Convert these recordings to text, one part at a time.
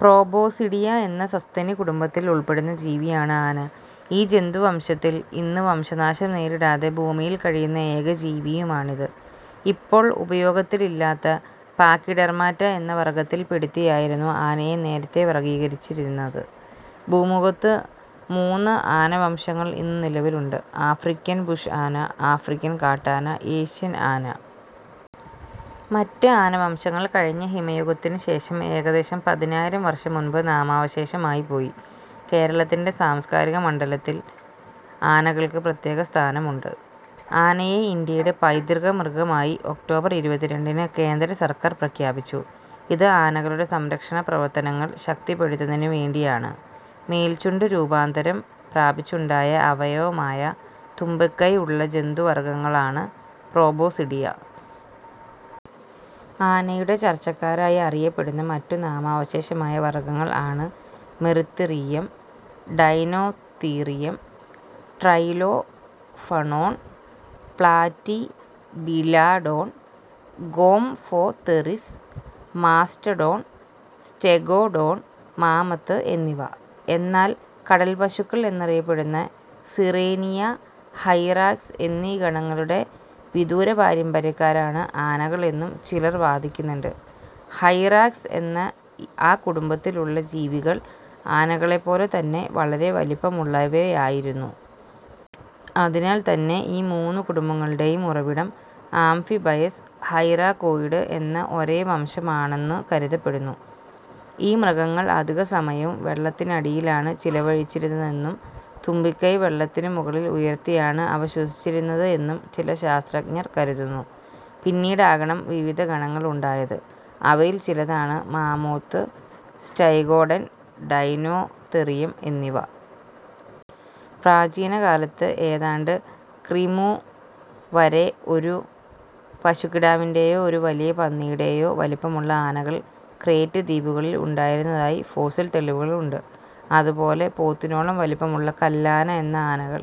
Proboscidea എന്ന സസ്തനികുടുംബത്തിൽ ഉൾപ്പെടുന്ന ജീവിയാണ് ആന. ഈ ജന്തുവംശത്തിൽ ഇന്നു വംശനാശം നേരിടാതെ ഭൂമിയിൽ കഴിയുന്ന ഏക ജീവിയുമാണിത്. ഇപ്പോൾ ഉപയോഗത്തിലില്ലാത്ത പാക്കിഡെർമാറ്റ എന്ന വർഗ്ഗത്തിൽ പെടുത്തിയായിരുന്നു ആനയെ നേരത്തേ വർഗ്ഗീകരിച്ചിരുന്നത്. ഭൂമുഖത്ത് മൂന്ന് ആനവംശങ്ങൾ ഇന്ന് നിലവിലുണ്ട്: ആഫ്രിക്കൻ ബുഷ് ആന, ആഫ്രിക്കൻ കാട്ടാന, ഏഷ്യൻ ആന. മറ്റു ആനവംശങ്ങൾ കഴിഞ്ഞ ഹിമയുഗത്തിനു ശേഷം, എകദേശം പതിനായിരം വർഷം മുൻപ് നാമാവശേഷമായിപ്പോയി. കേരളത്തിന്റെ സാംസ്കാരികമണ്ഡലത്തിൽ ആനകൾക്ക് പ്രത്യേക സ്ഥാനമുണ്ട്. ആനയെ ഇന്ത്യയുടെ പൈതൃക മൃഗമായി ഒക്ടോബർ ഇരുപത്തിരണ്ടിന് കേന്ദ്ര സർക്കാർ പ്രഖ്യാപിച്ചു. ഇത്, ആനകളുടെ സംരക്ഷണ പ്രവർത്തനങ്ങൾ ശക്തിപ്പെടുത്തുന്നതിനുവേണ്ടിയാണ്. മേൽച്ചുണ്ട് രൂപാന്തരം പ്രാപിച്ചുണ്ടായ അവയവമായ തുമ്പിക്കൈ ഉള്ള ജന്തുവർഗ്ഗങ്ങളാണ് പ്രൊബോസിഡിയ. ആനയുടെ ചാർച്ചക്കാരായി അറിയപ്പെടുന്ന മറ്റു നാമാവശേഷമായ വർഗ്ഗങ്ങൾ ആണ് Moeritherium, Deinotherium, Trilophodon, Platybelodon, gomphotheres, mastodon, Stegodon, mammoth എന്നിവ. എന്നാൽ കടൽപ്പശുക്കൾ എന്നറിയപ്പെടുന്ന സിറേനിയ, ഹൈറാക്സ് എന്നീ ഗണങ്ങളുടെ വിദൂരപാരമ്പര്യക്കാരാണ് ആനകൾ എന്നും ചിലർ വാദിക്കുന്നുണ്ട്. ഹൈറാക്സ് എന്ന ആ കുടുംബത്തിലുള്ള ജീവികൾ ആനകളെപ്പോലെത്തന്നെ വളരെ വലിപ്പമുള്ളവയായിരുന്നു. അതിനാൽ തന്നെ ഈ മൂന്നു കുടുംബങ്ങളുടേയും ഉറവിടം ആംഫിബയസ് ഹൈറാകോയ്ഡ് എന്ന ഒരേ വംശം ആണെന്നു കരുതപ്പെടുന്നു. ഈ മൃഗങ്ങൾ അധിക സമയവും വെള്ളത്തിനടിയിലാണു ചിലവഴിച്ചിരുന്നതെന്നും തുമ്പിക്കൈ വെള്ളത്തിനു മുകളിൽ ഉയർത്തിയാണ് അവ ശ്വസിച്ചിരുന്നത് എന്നും ചില ശാസ്ത്രജ്ഞർ കരുതുന്നു. പിന്നീടാകണം വിവിധ ഗണങ്ങളുണ്ടായത്. അവയിൽ ചിലതാണ് മാമോത്ത്, സ്റ്റെഗോഡൻ, ഡൈനോതെറിയം എന്നിവ. പ്രാചീനകാലത്ത്, ഏതാണ്ട് ക്രി. മു. വരെ, ഒരു പശുക്കിടാവിന്റേയോ, ഒരു വലിയ പന്നിയുടേയോ വലിപ്പമുള്ള ആനകൾ ക്രേറ്റ് ദ്വീപുകളിൽ ഉണ്ടായിരുന്നതായി ഫോസിൽ തെളിവുകളുണ്ട്. അതുപോലെ പോത്തിനോളം വലിപ്പമുള്ള കല്ലാന എന്ന ആനകൾ,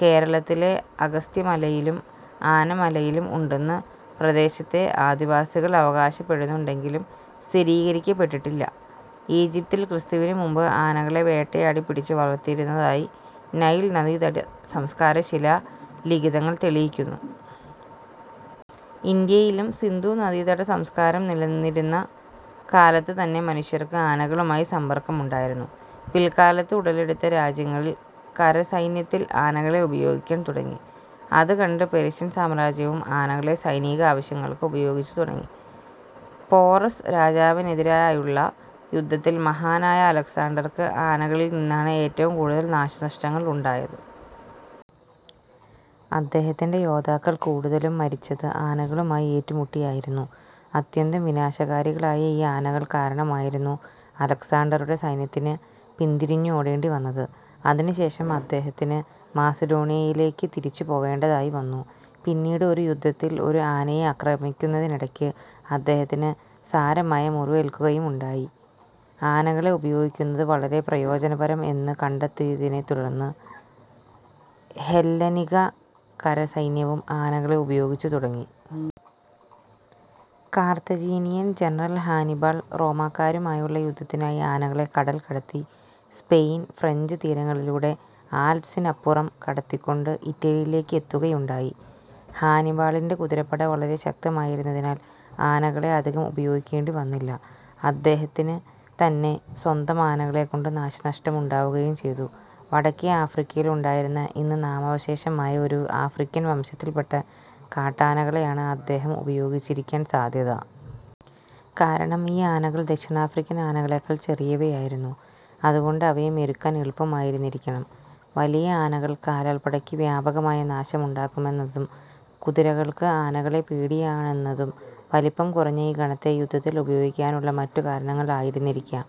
കേരളത്തിലെ അഗസ്ത്യമലയിലും ആനമലയിലും ഉണ്ടെന്നു പ്രദേശത്തെ ആദിവാസികൾ അവകാശപ്പെടുന്നുണ്ടെങ്കിലും സ്ഥിരീകരിക്കപ്പെട്ടിട്ടില്ല. ഈജിപ്തിൽ ക്രിസ്തുവിനു മുമ്പ് ആനകളെ വേട്ടയാടി പിടിച്ച് വളർത്തിയിരുന്നതായി നൈൽ നദീതടസംസ്കാരശിലാ ലിഖിതങ്ങൾ തെളിയിക്കുന്നു. ഇന്ത്യയിലും സിന്ധു നദീതട സംസ്കാരംനിലനിന്നിരുന്ന കാലത്തുതന്നെ മനുഷ്യർക്ക് ആനകളുമായി സമ്പർക്കമുണ്ടായിരുന്നു. പിൽക്കാലത്ത് ഉടലെടുത്ത രാജ്യങ്ങളിൽ കരസൈന്യത്തിൽ ആനകളെ ഉപയോഗിക്കാൻ തുടങ്ങി. അത് കണ്ട്പേർഷ്യൻ സാമ്രാജ്യവും ആനകളെ സൈനികാവശ്യങ്ങൾക്ക് ഉപയോഗിച്ച് തുടങ്ങി. പോറസ്സ് രാജാവിനെതിരായുള്ള യുദ്ധത്തിൽ മഹാനായ അലക്സാണ്ടർക്ക് ആനകളിൽ നിന്നാണ് ഏറ്റവും കൂടുതൽ നാശനഷ്ടങ്ങൾ ഉണ്ടായത്. അദ്ദേഹത്തിന്റെ യോദ്ധാക്കൾ കൂടുതലും മരിച്ചത് ആനകളുമായി ഏറ്റുമുട്ടിയായിരുന്നു. അത്യന്തം വിനാശകാരികളായ ഈ ആനകൾ കാരണമായിരുന്നു അലക്സാണ്ടറുടെ സൈന്യത്തിന്ന് പിന്തിരിഞ്ഞോടേണ്ടിവന്നത്. അതിനുശേഷം അദ്ദേഹത്തിന് മാസിഡോണിയയിലേക്ക് തിരിച്ചു പോവേണ്ടതായി വന്നു. പിന്നീട് ഒരു യുദ്ധത്തിൽ ഒരു ആനയെ ആക്രമിക്കുന്നതിനിടക്ക് അദ്ദേഹത്തിന് സാരമായ മുറിവേൽക്കുകയുമുണ്ടായി. ആനകളെ ഉപയോഗിക്കുന്നത് വളരെ പ്രയോജനപരം എന്ന് കണ്ടതിതിനെത്തുടർന്ന് ഹെല്ലനിക കരസൈന്യവും ആനകളെ ഉപയോഗിച്ച് തുടങ്ങി. കാർത്തജീനിയൻ ജനറൽ ഹാനിബാൾ റോമാക്കാരുമായുള്ള യുദ്ധത്തിനായി ആനകളെ കടൽ കടത്തി സ്പെയിൻ, ഫ്രഞ്ച് തീരങ്ങളിലൂടെ ആൽപ്പ്സിനപ്പുറം കടത്തിക്കൊണ്ട് ഇറ്റലിയിലേക്കെത്തുകയുണ്ടായി. ഹാനിബാളിന്റെ കുതിരപ്പട വളരെ ശക്തമായിരുന്നതിനാൽ ആനകളെ അധികം ഉപയോഗിക്കേണ്ടി വന്നില്ല. അദ്ദേഹത്തിന് തന്നെ സ്വന്തം ആനകളെകൊണ്ട് നാശനഷ്ടമുണ്ടാവുകയും ചെയ്തു. വടക്കേ ആഫ്രിക്കയിലുണ്ടായിരുന്ന, ഇന്ന് നാമാവശേഷമായ ഒരു ആഫ്രിക്കൻ വംശത്തിൽപ്പെട്ട കാട്ടാനകളെയാണ് അദ്ദേഹം ഉപയോഗിച്ചിരിക്കാൻ സാദ്ധ്യത. കാരണം ഈ ആനകൾ ദക്ഷിണാഫ്രിക്കൻ ആനകളേക്കാൾ ചെറിയവയായിരുന്നു; അതുകൊണ്ട് അവയെ മെരുക്കാൻ എളുപ്പമായിരുന്നിരിക്കണം. വലിയ ആനകൾ കാലാൾപ്പടയ്ക്ക് വ്യാപകമായ നാശമുണ്ടാക്കുമെന്നതും കുതിരകൾക്ക് ആനകളെ പേടിയാണെന്നതും വലിപ്പം കുറഞ്ഞ ഈ ഗണത്തെ യുദ്ധത്തിൽ ഉപയോഗിക്കാനുള്ള മറ്റു കാരണങ്ങൾ ആയിരുന്നിരിക്കാം.